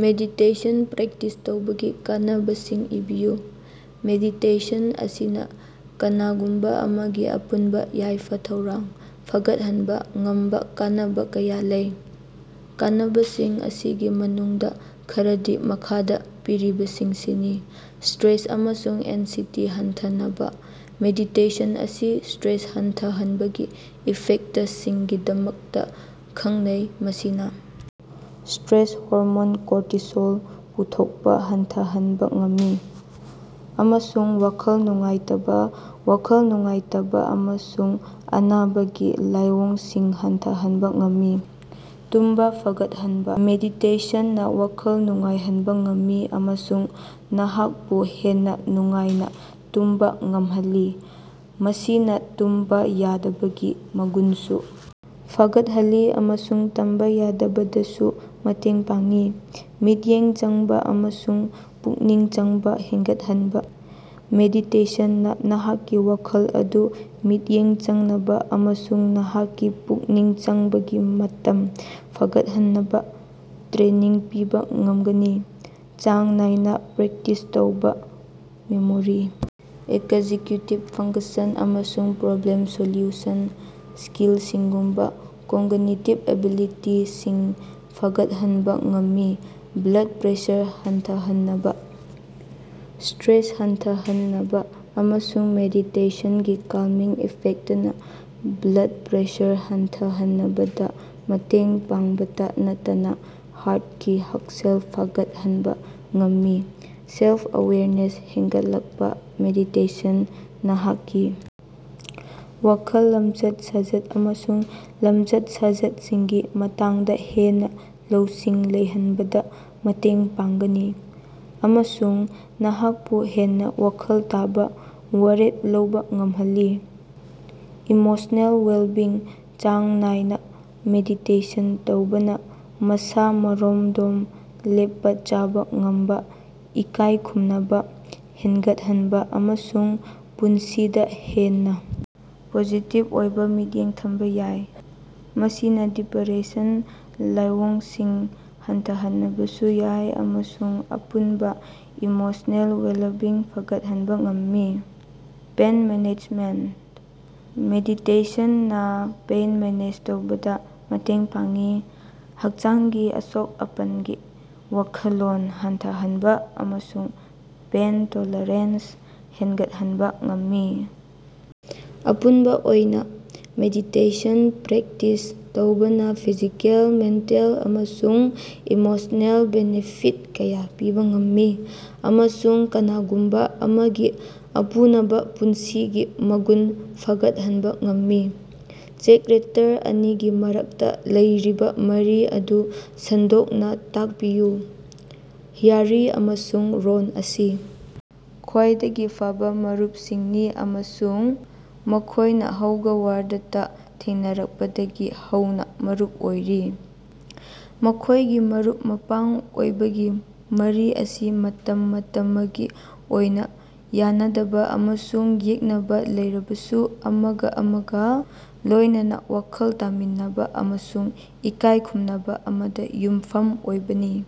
Meditation practice ꯇꯧꯕꯒꯤ ꯀꯥꯟꯅꯕꯁꯤꯡ ꯏꯕꯤꯌꯨ꯫ ꯃꯦꯗꯤꯇꯦꯁꯟ ꯑꯁꯤꯅꯥ ꯀꯅꯥꯒꯨꯝꯕ ꯑꯃꯒꯤ ꯑꯄꯨꯟꯕ ꯌꯥꯏꯐ-ꯊꯧꯔꯥꯡ ꯐꯒꯠꯍꯟꯕꯥ ꯉꯝꯕ ꯀꯥꯟꯅꯕ ꯀꯌꯥ ꯂꯩ꯫ ꯀꯥꯟꯅꯕꯁꯤꯡ ꯑꯁꯤꯒꯤ ꯃꯅꯨꯡꯗꯥ ꯈꯔꯗꯤ ꯃꯈꯥꯗ ꯄꯤꯔꯤꯕꯁꯤꯡꯁꯤꯅꯤ: ꯁ꯭ꯇꯔꯦꯁ ꯑꯃꯁꯨꯡ ꯑꯦꯟꯁꯤꯇꯤ ꯍꯟꯊꯍꯟꯕꯥ: ꯃꯦꯗꯤꯇꯦꯁꯟ ꯑꯁꯤ ꯁ꯭ꯇꯔꯦꯁ ꯍꯟꯊꯍꯟꯕꯒꯤ ꯏꯐꯦꯛꯇꯁꯤꯡꯒꯤꯗꯃꯛꯇꯥ ꯈꯪꯅꯩ꯫ ꯃꯁꯤꯅ ꯁ꯭ꯇꯔꯦꯁ ꯍꯣꯔꯃꯣꯟ ꯀꯣꯔꯇꯤꯁꯣꯜ ꯄꯨꯊꯣꯛꯄꯥ ꯍꯟꯊꯍꯟꯕ ꯉꯝꯃꯤ, ꯑꯃꯁꯨꯡ ꯋꯥꯈꯜ ꯅꯨꯡꯉꯥꯏꯇꯕꯥ, ꯋꯥꯈꯜ ꯅꯨꯡꯉꯥꯏꯇꯕꯥ ꯑꯃꯁꯨꯡ ꯑꯅꯥꯕꯒꯤ ꯂꯥꯏꯑꯣꯡꯁꯤꯡ ꯍꯟꯊꯍꯟꯕ ꯉꯝꯃꯤ꯫ ꯇꯨꯝꯕꯥ ꯐꯒꯠꯍꯟꯕ: ꯃꯦꯗꯤꯇꯦꯁꯟꯅꯥ ꯋꯥꯈꯜ ꯅꯨꯡꯉꯥꯏꯍꯟꯕ ꯉꯝꯃꯤ ꯑꯃꯁꯨꯡ ꯅꯍꯥꯛꯄꯨ ꯍꯦꯟꯅꯥ ꯅꯨꯡꯉꯥꯏꯅꯥ ꯇꯨꯝꯕꯥ ꯉꯝꯍꯜꯂꯤ꯫ ꯃꯁꯤꯅꯥ ꯇꯨꯝꯕꯥ ꯌꯥꯗꯕꯒꯤ ꯃꯒꯨꯟꯁꯨ ꯐꯒꯠꯍꯜꯂꯤ ꯑꯃꯁꯨꯡ ꯇꯨꯝꯕꯥ ꯌꯥꯗꯕꯗꯁꯨ ꯃꯇꯦꯡ ꯄꯥꯡꯏ꯫ ꯃꯤꯠꯌꯦꯡ ꯆꯪꯕꯥ ꯑꯃꯁꯨꯡ ꯄꯨꯛꯅꯤꯡ ꯆꯪꯕꯥ ꯍꯦꯟꯒꯠꯍꯟꯕ: ꯃꯦꯗꯤꯇꯦꯁꯟꯅꯥ ꯅꯍꯥꯛꯀꯤ ꯋꯥꯈꯜ ꯑꯗꯨ ꯃꯤꯠꯌꯦꯡ ꯆꯪꯅꯕꯥ ꯑꯃꯁꯨꯡ ꯅꯍꯥꯛꯀꯤ ꯄꯨꯛꯅꯤꯡ ꯆꯪꯕꯒꯤ ꯃꯇꯝ ꯐꯒꯠꯍꯟꯅꯕꯥ ꯇ꯭ꯔꯦꯅꯤꯡ ꯄꯤꯕꯥ ꯉꯝꯒꯅꯤ꯫ ꯆꯥꯡ ꯅꯥꯏꯅꯥ ꯄ꯭ꯔꯦꯛꯇꯤꯁ ꯇꯧꯕꯅꯥ ꯃꯦꯃꯣꯔꯤ, ꯑꯦꯀꯖꯤꯛꯌꯨꯇꯤꯚ ꯐꯪꯛꯁꯟ, ꯑꯃꯁꯨꯡ ꯄ꯭ꯔꯣꯕ꯭ꯂꯦꯝ ꯁꯣꯜꯌꯨꯁꯟ ꯁ꯭ꯀꯤꯜꯁꯤꯡꯒꯨꯝꯕꯥ ꯀꯣꯒꯅꯤꯇꯤꯚ ꯑꯦꯕꯤꯂꯤꯇꯤꯁꯤꯡ ꯐꯒꯠꯍꯟꯕ ꯉꯝꯃꯤ꯫ ꯕ꯭ꯂꯗ ꯄ꯭ꯔꯦꯁꯔ ꯍꯟꯊꯍꯅꯕꯥ: ꯁ꯭ꯇꯔꯦꯁ ꯍꯟꯊꯍꯟꯕ ꯑꯃꯁꯨꯡ ꯃꯦꯗꯤꯇꯦꯁꯟꯒꯤ ꯀꯜꯃꯤꯡ ꯏꯐꯦꯛꯇꯅꯥ ꯕ꯭ꯂꯗ ꯄ꯭ꯔꯦꯁꯔ ꯍꯟꯊꯍꯟꯕꯗꯥ ꯃꯇꯦꯡ ꯄꯥꯡꯕꯇꯥ ꯅꯠꯇꯅꯥ ꯍꯥꯔꯇꯀꯤ ꯍꯛꯁꯦꯜ ꯐꯒꯠꯍꯟꯕ ꯉꯝꯃꯤ꯫ ꯁꯦꯜꯐ-ꯑꯦꯋꯥꯔꯅꯦꯁ ꯍꯦꯟꯒꯠꯂꯛꯄꯥ: ꯃꯦꯗꯤꯇꯦꯁꯟ ꯅꯍꯥꯛꯀꯤ ꯋꯥꯈꯜ, ꯂꯝꯆꯠ-ꯁꯥꯖꯠ ꯑꯃꯁꯨꯡ ꯂꯝꯆꯠ-ꯁꯥꯖꯠꯁꯤꯡꯒꯤ ꯃꯇꯥꯡꯗꯥ ꯍꯦꯟꯅꯥ ꯂꯧꯁꯤꯡ ꯂꯩꯍꯟꯕꯗꯥ ꯃꯇꯦꯡ ꯄꯥꯡꯒꯅꯤ, ꯑꯃꯁꯨꯡ ꯅꯍꯥꯛꯄꯨ ꯍꯦꯟꯅꯥ ꯋꯥꯈꯜ ꯇꯥꯕꯥ ꯋꯥꯔꯦꯞ ꯂꯧꯕꯥ ꯉꯝꯍꯜꯂꯤ꯫ ꯏꯃꯣꯁꯅꯦꯜ ꯋꯦꯂꯕꯤꯡ: ꯆꯥꯡ ꯅꯥꯏꯅꯥ ꯃꯦꯗꯤꯇꯦꯁꯟ ꯇꯧꯕꯅꯥ ꯃꯁꯥ-ꯃꯔꯣꯝꯗꯣꯝ ꯂꯦꯄꯆꯕꯥ ꯉꯝꯕꯥ, ꯏꯀꯥꯏ ꯈꯨꯝꯅꯕꯥ ꯍꯦꯟꯒꯠꯍꯟꯕ ꯑꯃꯁꯨꯡ ꯄꯨꯟꯁꯤꯗꯥ ꯍꯦꯟꯅꯥ ꯄꯣꯖꯤꯇꯤꯚ ꯑꯣꯏꯕꯥ ꯃꯤꯠꯌꯦꯡ ꯊꯝꯕꯥ ꯌꯥꯏ꯫ ꯃꯁꯤꯅꯥ ꯗꯤꯄꯔꯦꯁꯟꯒꯤ ꯂꯥꯏꯑꯣꯡꯁꯤꯡ ꯍꯟꯊꯍꯅꯕꯁꯨ ꯌꯥꯏ ꯑꯃꯁꯨꯡ ꯑꯄꯨꯟꯕꯥ ꯏꯃꯣꯁꯅꯦꯜ ꯋꯦꯂꯕꯤꯡ ꯐꯒꯠꯍꯟꯕ ꯉꯝꯃꯤ꯫ ꯄꯦꯟ ꯃꯦꯅꯦꯖꯃꯦꯟꯇ: ꯃꯦꯗꯤꯇꯦꯁꯟꯅꯥ ꯄꯦꯏꯟ ꯃꯦꯅꯦꯖ ꯇꯧꯕꯗꯥ ꯃꯇꯦꯡ ꯄꯥꯡꯏ, ꯍꯛꯆꯥꯡꯒꯤ ꯑꯁꯣꯛ-ꯑꯄꯟꯒꯤ ꯋꯥꯈꯜꯂꯣꯟ ꯍꯟꯊꯍꯟꯕ ꯑꯃꯁꯨꯡ ꯄꯦꯟ ꯇꯣꯂꯔꯦꯟꯁ ꯍꯦꯟꯒꯠꯍꯟꯕ ꯉꯝꯃꯤ꯫ ꯑꯄꯨꯟꯕꯥ ꯑꯣꯏꯅꯥ, ꯃꯦꯗꯤꯇꯦꯁꯟ ꯄ꯭ꯔꯦꯛꯇꯤꯁ ꯇꯧꯕꯅꯥ ꯐꯤꯖꯤꯀꯦꯜ, ꯃꯦꯟꯇꯦꯜ ꯑꯃꯁꯨꯡ ꯏꯃꯣꯁꯅꯦꯜ ꯕꯦꯅꯤꯐꯤꯠ ꯀꯌꯥ ꯄꯤꯕꯥ ꯉꯝꯃꯤ, ꯑꯃꯁꯨꯡ ꯀꯅꯥꯒꯨꯝꯕꯥ ꯑꯃꯒꯤ ꯑꯄꯨꯅꯕꯥ ꯄꯨꯟꯁꯤꯒꯤ ꯃꯒꯨꯟ ꯐꯒꯠꯍꯟꯕ ꯉꯝꯃꯤ꯫ ꯆꯦꯛꯔꯦꯇꯔ ꯑꯅꯤꯒꯤ ꯃꯔꯛꯇꯥ ꯂꯩꯔꯤꯕꯥ ꯃꯔꯤ ꯑꯗꯨ ꯁꯟꯗꯣꯛꯅꯥ ꯇꯥꯛꯄꯤꯌꯨ꯫ ꯍ꯭ꯌꯥꯔꯤ ꯑꯃꯁꯨꯡ ꯔꯣꯟ ꯑꯁꯤ ꯈ꯭ꯋꯥꯏꯗꯒꯤ ꯐꯕꯥ ꯃꯔꯨꯞꯁꯤꯡꯅꯤ ꯑꯃꯁꯨꯡ ꯃꯈꯣꯏꯅꯥ ꯍꯣꯒꯋꯥꯔꯗꯇꯥ ꯊꯦꯡꯅꯔꯛꯄꯗꯒꯤ ꯍꯧꯅꯥ ꯃꯔꯨꯞ ꯑꯣꯏꯔꯤ꯫ ꯃꯈꯣꯏꯒꯤ ꯃꯔꯨꯞ-ꯃꯄꯥꯡ ꯑꯣꯏꯕꯒꯤ ꯃꯔꯤ ꯑꯁꯤ ꯃꯇꯝ ꯃꯇꯃꯒꯤ ꯑꯣꯏꯅꯥ ꯌꯥꯅꯗꯕꯥ ꯑꯃꯁꯨꯡ ꯌꯦꯛꯅꯕꯥ ꯂꯩꯔꯕꯁꯨ ꯑꯃꯒꯥ ꯑꯃꯒꯥ ꯂꯣꯏꯅꯅ ꯋꯥꯈꯜ ꯇꯥꯃꯤꯟꯅꯕꯥ ꯑꯃꯁꯨꯡ ꯏꯀꯥꯏ ꯈꯨꯝꯅꯕꯥ ꯑꯃꯗꯥ ꯌꯨꯝꯐꯝ ꯑꯣꯏꯕꯅꯤ꯫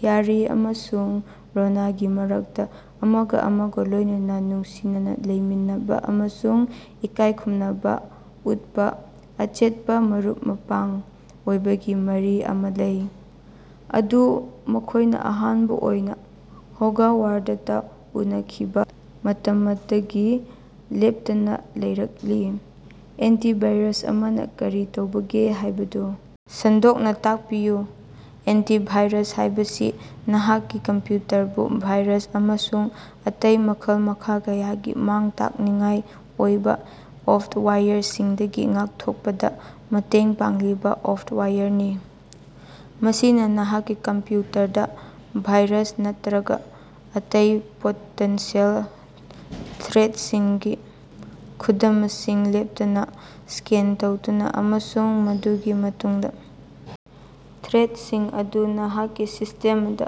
ꯍ꯭ꯌꯥꯔꯤ ꯑꯃꯁꯨꯡ ꯔꯣꯅꯒꯤ ꯃꯔꯛꯇꯥ ꯑꯃꯒꯥ ꯑꯃꯒꯥ ꯂꯣꯏꯅꯅ ꯅꯨꯡꯁꯤꯅꯅꯥ ꯂꯩꯃꯤꯟꯅꯕꯥ ꯑꯃꯁꯨꯡ ꯏꯀꯥꯏ ꯈꯨꯝꯅꯕꯥ ꯎꯠꯄꯥ ꯑꯆꯦꯠꯄꯥ ꯃꯔꯨꯞ-ꯃꯄꯥꯡ ꯑꯣꯏꯕꯒꯤ ꯃꯔꯤ ꯑꯃꯥ ꯂꯩ, ꯃꯗꯨ ꯃꯈꯣꯏꯅꯥ ꯑꯍꯥꯟꯕꯥ ꯑꯣꯏꯅꯥ ꯍꯣꯒꯋꯥꯔꯗꯇꯥ ꯎꯅꯈꯤꯕꯥ ꯃꯇꯃꯗꯒꯤ ꯂꯦꯞꯇꯅꯥ ꯂꯩꯔꯛꯂꯤ꯫ ꯑꯦꯟꯇꯤꯚꯥꯏꯔꯁ ꯑꯃꯅꯥ ꯀꯔꯤ ꯇꯧꯕꯒꯦ ꯍꯥꯏꯕꯗꯨ ꯁꯟꯗꯣꯛꯅꯥ ꯇꯥꯛꯄꯤꯌꯨ꯫ ꯑꯦꯟꯇꯤꯚꯥꯏꯔꯁ ꯍꯥꯏꯕꯁꯤ ꯅꯍꯥꯛꯀꯤ ꯀꯝꯄ꯭ꯌꯨꯇꯔꯕꯨ ꯚꯥꯏꯔꯁ ꯑꯃꯁꯨꯡ ꯑꯇꯩ ꯃꯈꯜ-ꯃꯈꯥ ꯀꯌꯥꯒꯤ ꯃꯥꯡ-ꯇꯥꯛꯅꯤꯡꯉꯥꯏ ꯑꯣꯏꯕꯥ ꯁꯣꯐꯇꯋꯥꯌꯔꯁꯤꯡꯗꯒꯤ ꯉꯥꯛꯊꯣꯛꯄꯗꯥ ꯃꯇꯦꯡ ꯄꯥꯡꯂꯤꯕꯥ ꯁꯣꯐꯇꯋꯥꯌꯔꯅꯤ꯫ ꯃꯁꯤꯅꯥ ꯅꯍꯥꯛꯀꯤ ꯀꯝꯞꯌꯨꯇꯔꯗꯥ ꯚꯥꯏꯔꯁ ꯅꯠꯇꯔꯒꯥ ꯑꯇꯩ ꯄꯣꯇꯦꯟꯁꯤꯑꯦꯜ ꯊ꯭ꯔꯦꯠꯁꯤꯡꯒꯤ ꯈꯨꯗꯃꯁꯤꯡ ꯂꯦꯞꯇꯅꯥ ꯁ꯭ꯀꯦꯟ ꯇꯧꯗꯨꯅꯥ, ꯑꯃꯁꯨꯡ ꯃꯗꯨꯒꯤ ꯃꯇꯨꯡꯗꯥ ꯊ꯭ꯔꯦꯠꯁꯤꯡ ꯑꯗꯨ ꯅꯍꯥꯛꯀꯤ ꯁꯤꯁ꯭ꯇꯦꯃꯗꯥ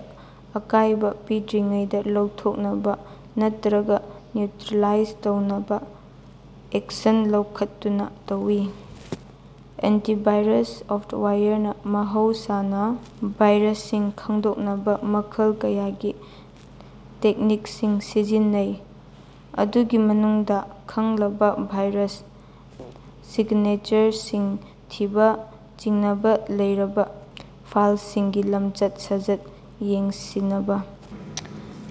ꯑꯀꯥꯏꯕꯥ ꯄꯤꯗ꯭ꯔꯤꯉꯩꯗꯥ ꯂꯧꯊꯣꯛꯅꯕꯥ ꯅꯠꯇꯔꯒꯥ ꯅ꯭ꯌꯨꯇꯔꯤꯂꯥꯏꯖ ꯇꯧꯅꯕꯥ ꯑꯦꯛꯁꯟ ꯂꯧꯈꯠꯇꯨꯅꯥ ꯇꯧꯏ꯫ ꯑꯦꯟꯇꯤꯚꯥꯏꯔꯁ ꯁꯣꯐꯇꯋꯥꯌꯔꯅꯥ ꯃꯍꯧꯁꯥꯅꯥ ꯚꯥꯏꯔꯁꯁꯤꯡ ꯈꯪꯗꯣꯛꯅꯕꯥ ꯃꯈꯜ ꯀꯌꯥꯒꯤ ꯇꯦꯛꯅꯤꯛꯁꯤꯡ ꯁꯤꯖꯤꯟꯅꯩ, ꯃꯗꯨꯒꯤ ꯃꯅꯨꯡꯗꯥ ꯈꯪꯂꯕꯥ ꯚꯥꯏꯔꯁ ꯁꯤꯒꯅꯦꯆꯔꯁꯤꯡ ꯊꯤꯕꯥ, ꯆꯤꯡꯅꯕꯥ ꯂꯩꯔꯕꯥ ꯐꯥꯏꯂꯁꯤꯡꯒꯤ ꯂꯝꯆꯠ-ꯁꯥꯖꯠ ꯌꯦꯡꯁꯤꯅꯕꯥ,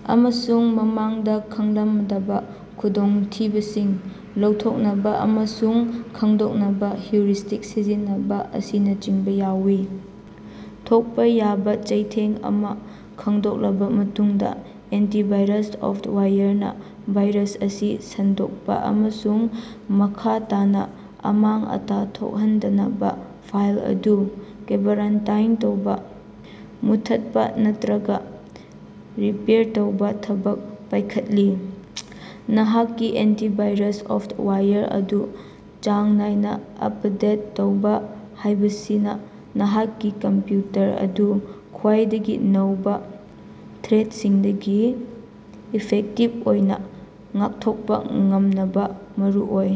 ꯑꯃꯁꯨꯡ ꯃꯃꯥꯡꯗꯥ ꯈꯪꯂꯝꯗꯕꯥ ꯈꯨꯗꯣꯡꯊꯤꯕꯁꯤꯡ ꯂꯥꯎꯊꯣꯛꯅꯕꯥ ꯑꯃꯁꯨꯡ ꯈꯪꯗꯣꯛꯅꯕꯥ ꯍꯤꯎꯔꯤꯁꯇꯤꯛ ꯁꯤꯖꯤꯟꯅꯕꯥ ꯑꯁꯤꯅꯆꯤꯡꯕꯥ ꯌꯥꯎꯏ꯫ ꯊꯣꯛꯄꯥ ꯌꯥꯕꯥ ꯆꯩꯊꯦꯡ ꯑꯃ ꯈꯪꯗꯣꯛꯂꯕꯥ ꯃꯇꯨꯡꯗꯥ, ꯑꯦꯟꯇꯤꯚꯥꯏꯔꯁ ꯁꯣꯐꯇꯋꯥꯌꯔꯅꯥ ꯚꯥꯏꯔꯁ ꯑꯁꯤ ꯁꯟꯗꯣꯛꯄꯥ ꯑꯃꯁꯨꯡ ꯃꯈꯥ ꯇꯥꯅꯥ ꯑꯃꯥꯡ-ꯑꯇꯥ ꯊꯣꯛꯍꯟꯗꯅꯕ ꯐꯥꯏꯜ ꯑꯗꯨ ꯀ꯭ꯕꯥꯔꯦꯟꯇꯥꯏꯟ ꯇꯧꯕꯥ, ꯃꯨꯠꯊꯠꯄꯥ ꯅꯠꯇꯔꯒꯥ ꯔꯤꯄꯦꯌꯥꯔ ꯇꯧꯅꯕꯥ ꯊꯕꯛ ꯄꯥꯏꯈꯠꯂꯤ꯫ ꯅꯍꯥꯛꯀꯤ ꯑꯦꯟꯇꯤꯚꯥꯏꯔꯁ ꯁꯣꯐꯇꯋꯥꯌꯔ ꯑꯗꯨ ꯆꯥꯡ ꯅꯥꯏꯅꯥ ꯑꯄꯗꯦꯠ ꯇꯧꯕꯥ ꯍꯥꯏꯕꯁꯤꯅꯥ ꯅꯍꯥꯛꯀꯤ ꯀꯝꯄ꯭ꯌꯨꯇꯔ ꯑꯗꯨ ꯈ꯭ꯋꯥꯏꯗꯒꯤ ꯅꯧꯕꯥ ꯊ꯭ꯔꯦꯠꯁꯤꯡꯗꯒꯤ ꯏꯐꯦꯛꯇꯤꯚ ꯑꯣꯏꯅꯥ ꯉꯥꯛꯊꯣꯛꯄꯥ ꯉꯝꯅꯕꯥ ꯃꯔꯨꯑꯣꯏ꯫।